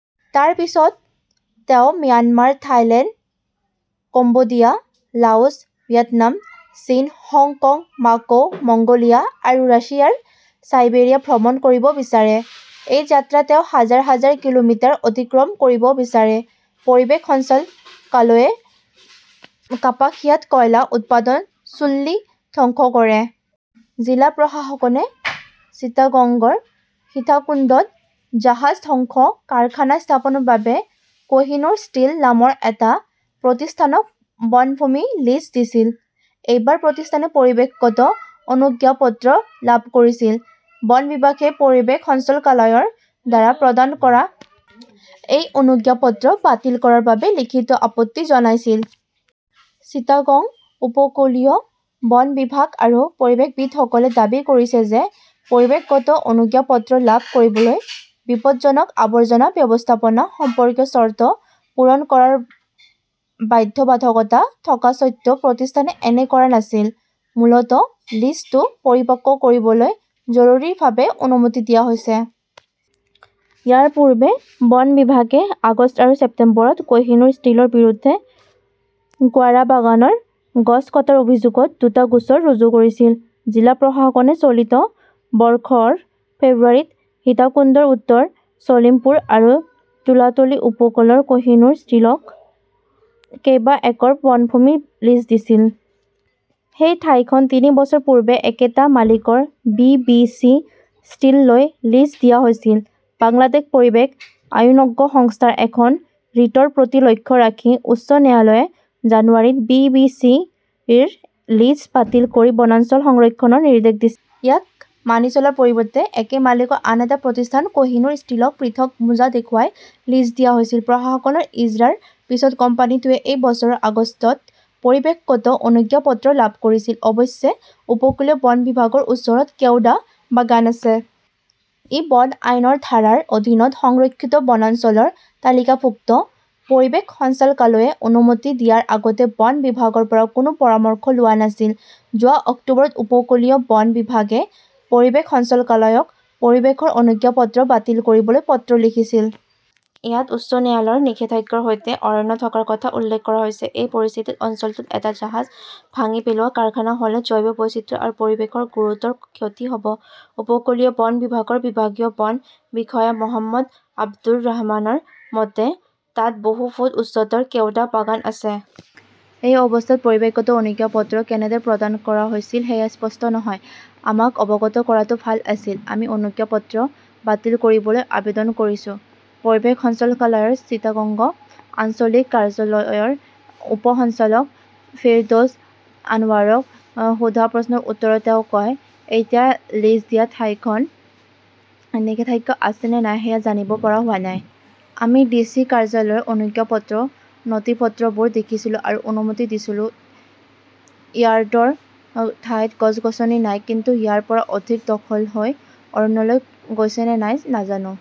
তাৰ পিছত তেওঁ Myanmar, Thailand, Cambodia, Laos, Vietnam, চীন, হংকং, মাকৌ, মংগোলিয়া আৰু ৰাছিয়াৰ চাইবেৰিয়া ভ্ৰমণ কৰিব বিচাৰে। এই যাত্ৰাত তেওঁ হাজাৰ হাজাৰ কিলোমিটাৰ অতিক্ৰম কৰিব বিচাৰে। পৰিৱেশ সঞ্চালকালয়ে কাপাসিয়াত কয়লা উৎপাদন চুল্লী ধ্বংস কৰে। জিলা প্ৰশাসকনে চিটাগংগৰ সীতাকুণ্ডত জাহাজ ধ্বংস কাৰখানা স্থাপনৰ বাবে কোহিনুৰ ষ্টীল নামৰ এটা প্ৰতিষ্ঠানক বনভূমি লিজ দিছিল। এইবাৰ প্ৰতিষ্ঠানে পৰিৱেশগত অনুজ্ঞাপত্ৰ লাভ কৰিছিল। বন বিভাগে পৰিৱেশ সঞ্চালকালয়ৰ দ্বাৰা প্ৰদান কৰা এই অনুজ্ঞাপত্ৰ বাতিল কৰাৰ বাবে লিখিত আপত্তি জনাইছিল। চিটাগং উপকূলীয় বন বিভাগ আৰু পৰিৱেশবিদসকলে দাবী কৰিছে যে পৰিৱেশগত অনুজ্ঞাপত্ৰ লাভ কৰিবলৈ বিপদজনক আৱৰ্জনা ব্যৱস্থাপনা সম্পৰ্কীয় চৰ্ত পূৰণ কৰাৰ বাধ্যবাধকতা থকা স্বত্বেও প্ৰতিষ্ঠানে এনে কৰা নাছিল। মূলত লিজটো পৰিপক্ক কৰিবলৈ জৰুৰীভাৱে অনুমতি দিয়া হৈছে। ইয়াৰ পূৰ্বে বন বিভাগে আগষ্ট আৰু ছেপ্টেম্বৰত কোহিনুৰ ষ্টীলৰ বিৰুদ্ধে কোৱাৰাবাগানৰ গছ কটাৰ অভিযোগত দুটা গোচৰ ৰুজু কৰিছিল। জিলা প্ৰশাসনে চলিত বৰ্ষৰ ফেব্ৰুৱাৰীত সীতাকুণ্ডৰ উত্তৰ চলিমপুৰ আৰু তুলাতলি উপকূলৰ কোহিনুৰ ষ্টিলক কেইবা একৰ বনভূমি লিজ দিছিল। সেই ঠাইখন তিনি বছৰ পূৰ্বে একেটা মালিকৰ বি. বি. চি. ষ্টীললৈ লিজ দিয়া হৈছিল। বাংলাদেশ পৰিৱেশ আইনজ্ঞ সংস্থাৰ এখন ৰিটৰ প্ৰতি লক্ষ্য ৰাখি উচ্চ ন্যায়ালয়ে জানুৱাৰীত বি. বি. চি. ৰ লিজ বাতিল কৰি বনাঞ্চল সংৰক্ষণৰ নিৰ্দেশ দিছিল। ইয়াক মানি চলাৰ পৰিৱৰ্তে একে মালিকৰ আন এটা প্ৰতিষ্ঠান কোহিনুৰ ষ্টীলক পৃথক মোজা দেখুৱাই লিজ দিয়া হৈছিল। প্ৰশাসকনৰ ইজৰাৰ পিছত কোম্পানীটোৱে এই বছৰৰ আগষ্টত পৰিৱেশগত অনুজ্ঞাপত্ৰ লাভ কৰিছিল। অৱশ্যে, উপকূলীয় বন বিভাগৰ ওচৰত কেওডা বাগান আছে। ই বন আইনৰ ধাৰাৰ অধীনত সংৰক্ষিত বনাঞ্চলৰ তালিকাভুক্ত। পৰিৱেশ সঞ্চালকালয়ে অনুমতি দিয়াৰ আগতে বন বিভাগৰ পৰা কোনো পৰামৰ্শ লোৱা নাছিল। যোৱা অক্টোবৰত উপকূলীয় বন বিভাগে পৰিৱেশ সঞ্চালকালয়ক পৰিৱেশৰ অনুজ্ঞাপত্ৰ বাতিল কৰিবলৈ পত্ৰ লিখিছিল। ইয়াত উচ্চ ন্যায়ালয়ৰ নিষেধাজ্ঞাৰ সৈতে অৰণ্য থকাৰ কথা উল্লেখ কৰা হৈছে। এই পৰিস্থিতিত অঞ্চলটোত এটা জাহাজ ভাঙি পেলোৱা কাৰখানা হ'লে জৈৱ বৈচিত্ৰ্য আৰু পৰিৱেশৰ গুৰুতৰ ক্ষতি হ'ব। উপকূলীয় বন বিভাগৰ বিভাগীয় বন বিষয়া মহম্মদ আবদুৰ ৰহমানৰ মতে, তাত বহু ফুট উচ্চতাৰ কেওডা বাগান আছে। এই অৱস্থাত পৰিৱেশগত অনুজ্ঞাপত্ৰ কেনেদৰে প্ৰদান কৰা হৈছিল সেয়া স্পষ্ট নহয়। আমাক অৱগত কৰাটো ভাল আছিল। আমি অনুজ্ঞাপত্ৰ বাতিল কৰিবলৈ আবেদন কৰিছো। পৰিৱেশ সঞ্চালকালয়ৰ চিটাগং আঞ্চলিক কাৰ্যালয়ৰ উপ সঞ্চালক ফেৰদৌছ আনৱাৰক সোধা প্ৰশ্নৰ উত্তৰত তেওঁ কয়, এতিয়া লিজ দিয়া ঠাইখনত নিষেধাজ্ঞা আছে নে নাই সেয়া জানিব পৰা হোৱা নাই। আমি ডিচি কাৰ্যালয়ৰ অনুজ্ঞাপত্ৰৰ নথিপত্ৰবোৰ দেখিছিলোঁ আৰু অনুমতি দিছিলোঁ। ইয়াৰ্ডৰ ঠাইত গছ-গছনি নাই। কিন্তু ইয়াৰ পৰা অধিক দখল হৈ অৰণ্যলৈ গৈছে নে নাই নাজানো।